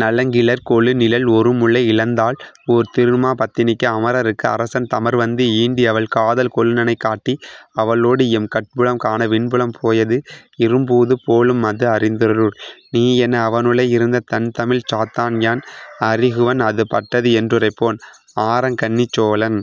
நலங்கிளர் கொழுநிழல் ஒருமுலை இழந்தாள்ஓர் திருமா பத்தினிக்கு அமரர்க்கு அரசன் தமர்வந்து ஈண்டிஅவள் காதல் கொழுநனைக் காட்டி அவளொடுஎம் கட்புலம் காண விண்புலம் போயது இறும்பூது போலும்அஃது அறிந்தருள் நீயென, அவனுழை இருந்த தண்தமிழ்ச் சாத்தன் யான்அறி குவன்அது பட்டதுஎன் றுரைப்போன்: ஆரங் கண்ணிச் சோழன்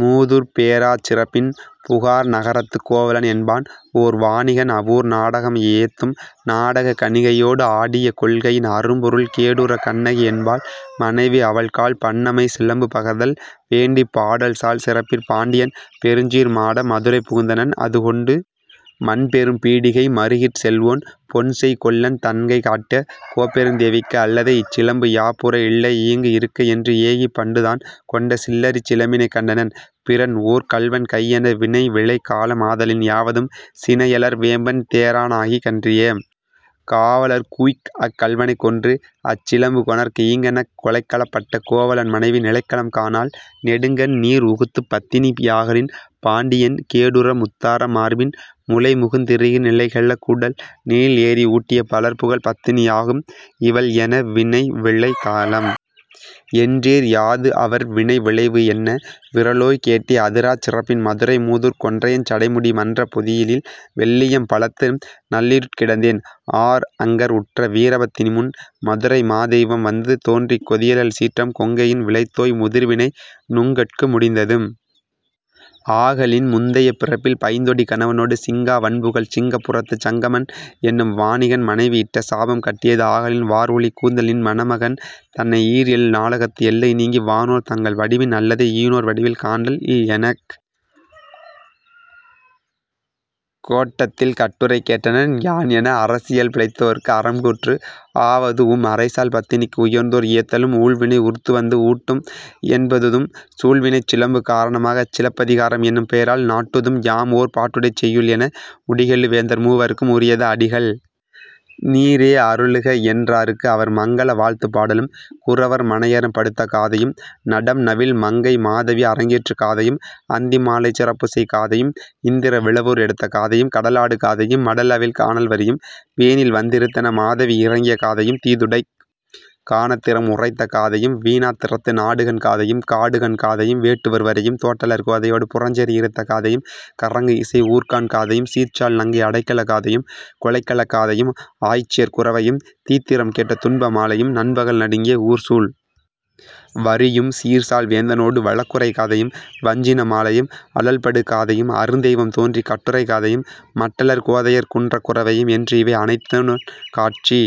மூதூர்ப் பேராச் சிறப்பின் புகார்நக ரத்துக் கோவலன் என்பான்ஓர் வாணிகன் அவ்வூர் நாடகம் ஏத்தும் நாடகக் கணிகையொடு ஆடிய கொள்கையின் அரும்பொருள் கேடுறக் கண்ணகி என்பாள் மனைவி அவள்கால் பண்ணமை சிலம்பு பகர்தல் வேண்டிப் பாடல்சால் சிறப்பிற் பாண்டியன் பெருஞ்சீர் மாட மதுரை புகுந்தனன், அதுகொண்டு மன்பெரும் பீடிகை மறுகிற் செல்வோன் பொன்செய் கொல்லன் தன்கைக் காட்டக் கோப்பெருந் தேவிக்கு அல்லதை இச்சிலம்பு யாப்புறவு இல்லைஈங்கு இருக்கயென்று ஏகிப் பண்டுதான் கொண்ட சில்லரிச் சிலம்பினைக் கண்டனன் பிறன்ஓர் கள்வன் கையென, வினைவிளை காலம் ஆதலின் யாவதும் சினையலர் வேம்பன் தேரா னாகிக் கன்றிய காவலர்க் கூஉய்அக் கள்வனைக் கொன்றுஅச் சிலம்பு கொணர்க ஈங்கெனக் கொலைக்களப் பட்ட கோவலன் மனைவி நிலைக்களம் காணாள் நெடுங்கண் நீர்உகுத்துப் பத்தினி யாகலின் பாண்டியன் கேடுற முத்தார மார்பின் முலைமுகந் திருகி நிலைகெழு கூடல் நீள்எரி ஊட்டிய பலர்புகழ் பத்தினி யாகும் இவள்என, வினைவிளை காலம் என்றீர் யாதுஅவர் வினைவிளைவு என்ன, விறலோய் கேட்டி அதிராச் சிறப்பின் மதுரை மூதூர்க் கொன்றையஞ் சடைமுடி மன்றப் பொதியிலில் வெள்ளியம் பலத்து நள்ளிருட் கிடந்தேன் ஆர்அஞர் உற்ற வீரபத் தினிமுன் மதுரைமா தெய்வம் வந்து தோன்றிக் கொதியழல் சீற்றம் கொங்கையின் விளைத்தோய் முதிர்வினை நுங்கட்கு முடிந்தது ஆகலின் முந்தைப் பிறப்பில் பைந்தொடி கணவனொடு சிங்கா வண்புகழ்ச் சிங்க புரத்துச் சங்கமன் என்னும் வாணிகன் மனைவி இட்ட சாபம் கட்டியது ஆகலின் வார்ஒலி கூந்தல்நின் மணமகன் தன்னை ஈர்ஏழ் நாளகத்து எல்லை நீங்கி வானோர் தங்கள் வடிவின் அல்லதை ஈனோர் வடிவில் காண்டல் இல்எனக் கோட்டம்இல் கட்டுரை கேட்டனன் யான்என, அரைசியல் பிழைத்தோர்க்கு அறம்கூற்று ஆவதூஉம் உரைசால் பத்தினிக்கு உயர்ந்தோர் ஏத்தலும் ஊழ்வினை உருத்துவந்து ஊட்டும் என்பதூஉம் சூழ்வினைச் சிலம்பு காரண மாகச் சிலப்பதி காரம் என்னும் பெயரால் நாட்டுதும் யாம்ஓர் பாட்டுடைச் செய்யுள்என, முடிகெழு வேந்தர் மூவர்க்கும் உரியது அடிகள் நீரே அருளுகஎன் றார்க்குஅவர், மங்கல வாழ்த்துப் பாடலும், குரவர் மனையறம் படுத்த காதையும், நடம்நவில் மங்கை மாதவி அரங்கேற்று காதையும், அந்தி மாலைச் சிறப்புசெய் காதையும், இந்திர விழவூர் எடுத்த காதையும், கடலாடு காதையும், மடல்அவிழ் கானல்வரியும், வேனில்வந் திறுத்தென மாதவி இரங்கிய காதையும், தீதுடைக் கனாத்திறம் உரைத்த காதையும், வினாத்திறத்து நாடுகாண் காதையும், காடுகாண் காதையும், வேட்டுவர் வரியும், தோட்டலர் கோதையொடு புறஞ்சேரி இறுத்த காதையும், கறங்குஇசை ஊர்க்காண் காதையும், சீர்சால் நங்கை அடைக்கலக் காதையும், கொலைக்களக் காதையும், ஆய்ச்சியர் குரவையும், தீத்திறம் கேட்ட துன்ப மாலையும், நண்பகல் நடுங்கிய ஊர்சூழ் வரியும், சீர்சால் வேந்தனொடு வழக்குரை காதையும், வஞ்சின மாலையும், அழல்படு காதையும், அருந்தெய்வம் தோன்றிக் கட்டுரை காதையும், மட்டலர் கோதையர் குன்றக் குரவையும், என்றுஇவை அனைத்துடன் காட்சி,